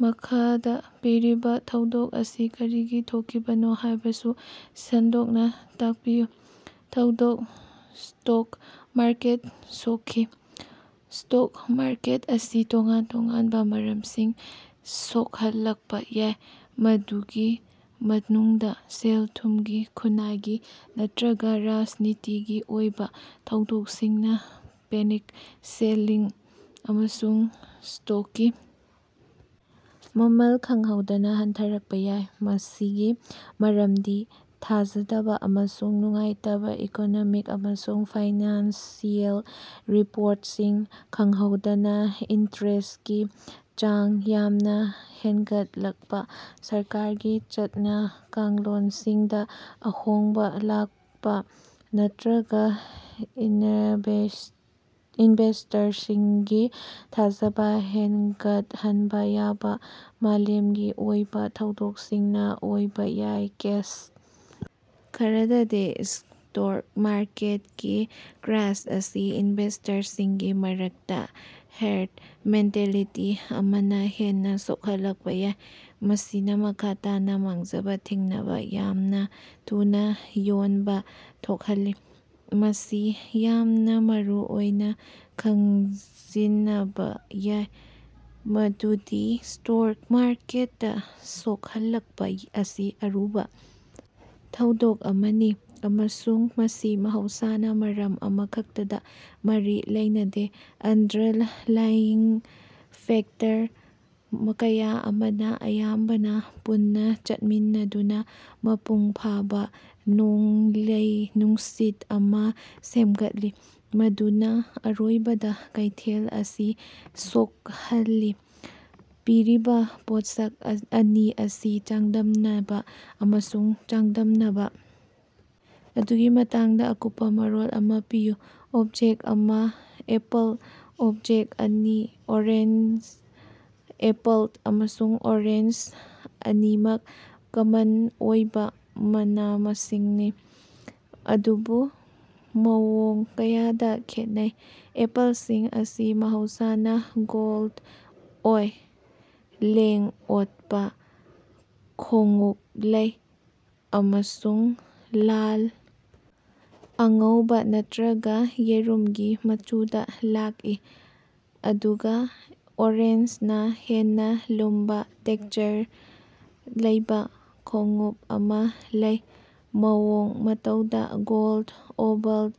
ꯃꯈꯥꯗ ꯄꯤꯔꯤꯕ ꯊꯧꯗꯣꯛ ꯑꯁꯤ ꯀꯔꯤꯒꯤ ꯊꯣꯛꯈꯤꯕꯅꯣ ꯍꯥꯏꯕꯁꯨ ꯁꯟꯗꯣꯛꯅ ꯇꯥꯛꯄꯤꯌꯨ꯫ ꯊꯧꯗꯣꯛ: ꯁ꯭ꯇꯣꯛ ꯃꯥꯔꯀꯦꯠ ꯁꯣꯛꯈꯤ꯫ ꯁ꯭ꯇꯣꯛ ꯃꯥꯔꯀꯦꯠ ꯑꯁꯤ ꯇꯣꯉꯥꯟ ꯇꯣꯉꯥꯟꯕ ꯃꯔꯝꯁꯤꯡ ꯁꯣꯛꯍꯜꯂꯛꯄ ꯌꯥꯏ, ꯃꯗꯨꯒꯤ ꯃꯅꯨꯡꯗ ꯁꯦꯜ-ꯊꯨꯝꯒꯤ, ꯈꯨꯟꯅꯥꯏꯒꯤ ꯅꯠꯇꯔꯒ ꯔꯥꯖꯅꯤꯇꯤꯒꯤ ꯑꯣꯏꯕ ꯊꯧꯗꯣꯛꯁꯤꯡꯅ ꯄꯦꯅꯤꯛ ꯁꯦꯜꯂꯤꯡ ꯑꯃꯁꯨꯡ ꯁ꯭ꯇꯣꯛꯀꯤ ꯃꯃꯜ ꯈꯪꯍꯧꯗꯅ ꯍꯟꯊꯔꯛꯄ ꯌꯥꯏ꯫ ꯃꯁꯤꯒꯤ ꯃꯔꯝꯗꯤ ꯊꯥꯖꯗꯕ ꯑꯃꯁꯨꯡ ꯅꯨꯡꯉꯥꯏꯇꯕ ꯏꯀꯣꯅꯣꯃꯤꯛ ꯑꯃꯁꯨꯡ ꯐꯥꯏꯅꯥꯟꯁꯤꯑꯦꯜ ꯔꯤꯄ꯭ꯣꯔꯠꯁꯤꯡ, ꯈꯪꯍꯧꯗꯅ ꯏꯟꯇꯔꯦꯁꯀꯤ ꯆꯥꯡ ꯌꯥꯝꯅ ꯍꯦꯟꯒꯠꯂꯛꯄ, ꯁꯔꯀꯥꯔꯒꯤ ꯆꯠꯅ-ꯀꯥꯡꯂꯣꯟꯁꯤꯡꯗ ꯑꯍꯣꯡꯕ ꯂꯥꯛꯄ, ꯅꯠꯇꯔꯒ ꯏꯟꯅꯔꯚꯦꯁ ꯏꯅꯚꯦꯁ꯭ꯇꯔꯁꯤꯡꯒꯤ ꯊꯥꯖꯕ ꯍꯦꯟꯒꯠꯍꯟꯕ ꯌꯥꯕ ꯃꯥꯂꯦꯝꯒꯤ ꯑꯣꯏꯕ ꯊꯧꯗꯣꯛꯁꯤꯡꯅ ꯑꯣꯏꯕ ꯌꯥꯏ꯫ ꯀꯦꯁ ꯈꯔꯗꯗꯤ, ꯁ꯭ꯇꯣꯛ ꯃꯥꯔꯀꯦꯠꯀꯤ ꯀ꯭ꯔꯥꯁ ꯑꯁꯤ ꯏꯅꯚꯦꯁ꯭ꯇꯔꯁꯤꯡꯒꯤ ꯃꯔꯛꯇ ꯍꯦꯔ꯭ꯗ ꯃꯦꯟꯇꯦꯂꯤꯇꯤ ꯑꯃꯅ ꯍꯦꯟꯅ ꯁꯣꯛꯍꯜꯂꯛꯄ ꯌꯥꯏ, ꯃꯁꯤꯅ ꯃꯈꯥ ꯇꯥꯅ ꯃꯥꯡꯖꯕ ꯊꯤꯡꯅꯕ ꯌꯥꯝꯅ ꯊꯨꯅ ꯌꯣꯟꯕ ꯊꯣꯛꯍꯜꯂꯤ꯫ ꯃꯁꯤ ꯌꯥꯝꯅ ꯃꯔꯨꯑꯣꯏꯅ ꯈꯪꯖꯤꯅꯕ ꯌꯥꯏ ꯃꯗꯨꯗꯤ ꯁ꯭ꯇꯣꯛ ꯃꯥꯔꯀꯦꯠꯇ ꯁꯣꯛꯍꯜꯂꯛꯄ ꯑꯁꯤ ꯑꯔꯨꯕ ꯊꯧꯗꯣꯛ ꯑꯃꯅꯤ, ꯑꯃꯁꯨꯡ ꯃꯁꯤ ꯃꯍꯧꯁꯥꯅ ꯃꯔꯝ ꯑꯃꯈꯛꯇꯒ ꯃꯔꯤ ꯂꯩꯅꯗꯦ꯫ ꯑꯟꯗꯔꯂꯥꯏꯌꯤꯡ ꯐꯦꯛꯇꯔ ꯀꯌꯥ ꯑꯃꯅ ꯑꯌꯥꯝꯕꯅ ꯄꯨꯟꯅ ꯆꯠꯃꯤꯟꯅꯗꯨꯅ ꯃꯄꯨꯡ ꯐꯥꯕ ꯅꯣꯡꯂꯩ-ꯅꯨꯡꯁꯤꯠ ꯑꯃ ꯁꯦꯝꯒꯠꯂꯤ ꯃꯗꯨꯅ ꯑꯔꯣꯏꯕꯗ ꯀꯩꯊꯦꯜ ꯑꯁꯤ ꯁꯣꯍꯜꯂꯤ꯫ ꯄꯤꯔꯤꯕ ꯄꯣꯠꯁꯛ ꯑꯅꯤ ꯑꯁꯤ ꯆꯥꯡꯗꯝꯅꯕ ꯑꯃꯁꯨꯡ ꯆꯥꯡꯗꯝꯅꯕ ꯑꯗꯨꯒꯤ ꯃꯇꯥꯡꯗ ꯑꯀꯨꯞꯄ ꯃꯔꯣꯜ ꯑꯃ ꯄꯤꯌꯨ꯫ ꯑꯣꯕꯖꯦꯛ ꯑꯃ: ꯑꯦꯄꯜ ꯑꯣꯕꯖꯦꯛ ꯑꯅꯤ: ꯑꯣꯔꯦꯟꯖ꯫ ꯑꯦꯄꯜ ꯑꯃꯁꯨꯡ ꯑꯣꯔꯦꯟꯖ ꯑꯅꯤꯃꯛ ꯀꯃꯟ ꯑꯣꯏꯕ ꯃꯅꯥ-ꯃꯁꯤꯡꯅꯤ ꯑꯗꯨꯕꯨ ꯃꯑꯣꯡ ꯀꯌꯥꯗ ꯈꯦꯠꯅꯩ꯫ ꯑꯦꯄꯜꯁꯤꯡ ꯑꯁꯤ ꯃꯍꯧꯁꯥꯅ ꯒꯣꯜꯗ ꯑꯣꯏ, ꯂꯦꯡ-ꯑꯣꯠꯄ ꯈꯣꯡꯎꯞ ꯂꯩ, ꯑꯃꯁꯨꯡ ꯂꯥꯜ, ꯑꯉꯧꯕꯥ ꯅꯠꯇꯔꯒꯥ ꯌꯦꯔꯨꯝꯒꯤ ꯃꯆꯨꯗ ꯂꯥꯛꯏ, ꯑꯗꯨꯒ ꯑꯣꯔꯦꯟꯖꯅ ꯍꯦꯟꯅ ꯂꯨꯝꯕ, ꯇꯦꯛꯁꯆꯔ ꯂꯩꯕ ꯈꯣꯡꯎꯞ ꯑꯃ ꯂꯩ, ꯃꯑꯣꯡ-ꯃꯇꯧꯗ ꯒꯣꯜꯗ-ꯑꯣꯚꯜ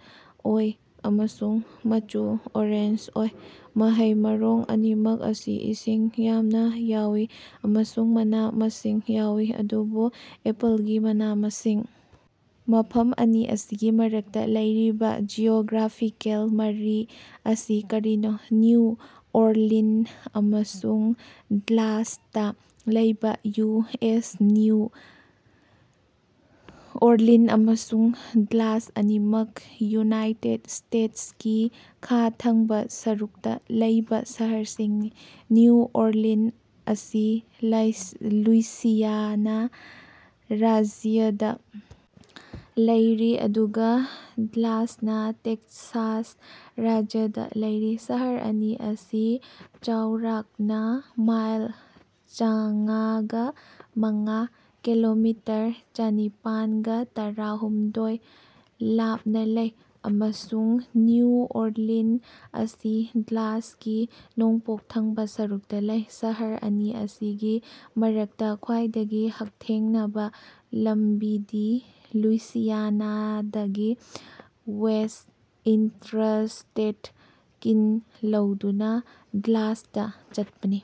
ꯑꯣꯏ ꯑꯃꯁꯨꯡ ꯃꯆꯨ ꯑꯣꯔꯦꯟꯖ ꯑꯣꯏ꯫ ꯃꯍꯩ-ꯃꯔꯣꯡ ꯑꯅꯤꯃꯛ ꯑꯁꯤ ꯏꯁꯤꯡ ꯌꯥꯝꯅ ꯌꯥꯎꯏ ꯑꯃꯁꯨꯡ ꯃꯅꯥ-ꯃꯁꯤꯡ ꯌꯥꯎꯏ, ꯑꯗꯨꯕꯨ ꯑꯦꯄꯜꯒꯤ ꯃꯅꯥ-ꯃꯁꯤꯡ ꯃꯐꯝ ꯑꯅꯤ ꯑꯁꯤꯒꯤ ꯃꯔꯛꯇꯥ ꯂꯩꯔꯤꯕ ꯖꯤꯑꯣꯒ꯭ꯔꯥꯐꯤꯀꯦꯜ ꯃꯔꯤ ꯑꯁꯤ ꯀꯔꯤꯅꯣ? ꯅ꯭ꯌꯨ ꯑꯣꯔꯂꯤꯟ ꯑꯃꯁꯨꯡ ꯗꯂꯥꯁꯇꯥ ꯂꯩꯕꯥ ꯌꯨ. ꯑꯦꯁ ꯅ꯭ꯌꯨ ꯑꯣꯔꯂꯤꯟ ꯑꯃꯁꯨꯡ ꯗꯂꯥꯁ ꯑꯅꯤꯃꯛ ꯌꯨꯅꯥꯏꯇꯦꯗ ꯁ꯭ꯇꯦꯇꯁꯀꯤ ꯈꯥ ꯊꯪꯕꯥ ꯁꯔꯨꯛꯇ ꯂꯩꯕ ꯁꯍꯔꯁꯤꯡꯅꯤ꯫ ꯅ꯭ꯌꯨ ꯑꯣꯔꯂꯤꯟ ꯑꯁꯤ ꯂꯩꯁ ꯂꯨꯏꯁꯤꯌꯥꯅꯥ ꯔꯥꯖ꯭ꯌꯗ ꯂꯩꯔꯤ ꯑꯗꯨꯒ ꯗꯂꯥꯁꯅ ꯇꯦꯛꯁꯥꯁ ꯔꯥꯖ꯭ꯌꯗ ꯂꯩꯔꯤ꯫ ꯁꯍꯔ ꯑꯅꯤ ꯑꯁꯤ ꯆꯥꯎꯔꯥꯛꯅ ꯃꯥꯏꯜ ꯆꯥꯝꯉꯥꯒ ꯃꯉꯥ (ꯀꯤꯂꯣꯃꯤꯇꯔ ꯆꯅꯤꯄꯥꯟꯒ ꯇꯔꯥ ꯍꯨꯝꯗꯣꯏ) ꯂꯥꯞꯅ ꯂꯩ, ꯑꯃꯁꯨꯡ ꯅ꯭ꯌꯨ ꯑꯣꯔꯂꯤꯟ ꯑꯁꯤ ꯗꯂꯥꯁꯀꯤ ꯅꯣꯡꯄꯣꯛ ꯊꯪꯕꯥ ꯁꯔꯨꯛꯇꯥ ꯂꯩ꯫ ꯁꯍꯔ ꯑꯅꯤ ꯑꯁꯤꯒꯤ ꯃꯔꯛꯇꯥ ꯈ꯭ꯋꯥꯏꯗꯒꯤ ꯍꯛꯊꯦꯡꯅꯕ ꯂꯝꯕꯤꯗꯤ ꯂꯨꯏꯁꯤꯌꯥꯅꯥꯗꯒꯤ ꯋꯦꯁ꯭ꯠ ꯏꯟꯇꯔꯁ꯭ꯇꯦꯠ ꯀꯤꯟ ꯂꯧꯗꯨꯅ ꯗꯂꯥꯁꯇꯥ ꯆꯠꯄꯅꯤ꯫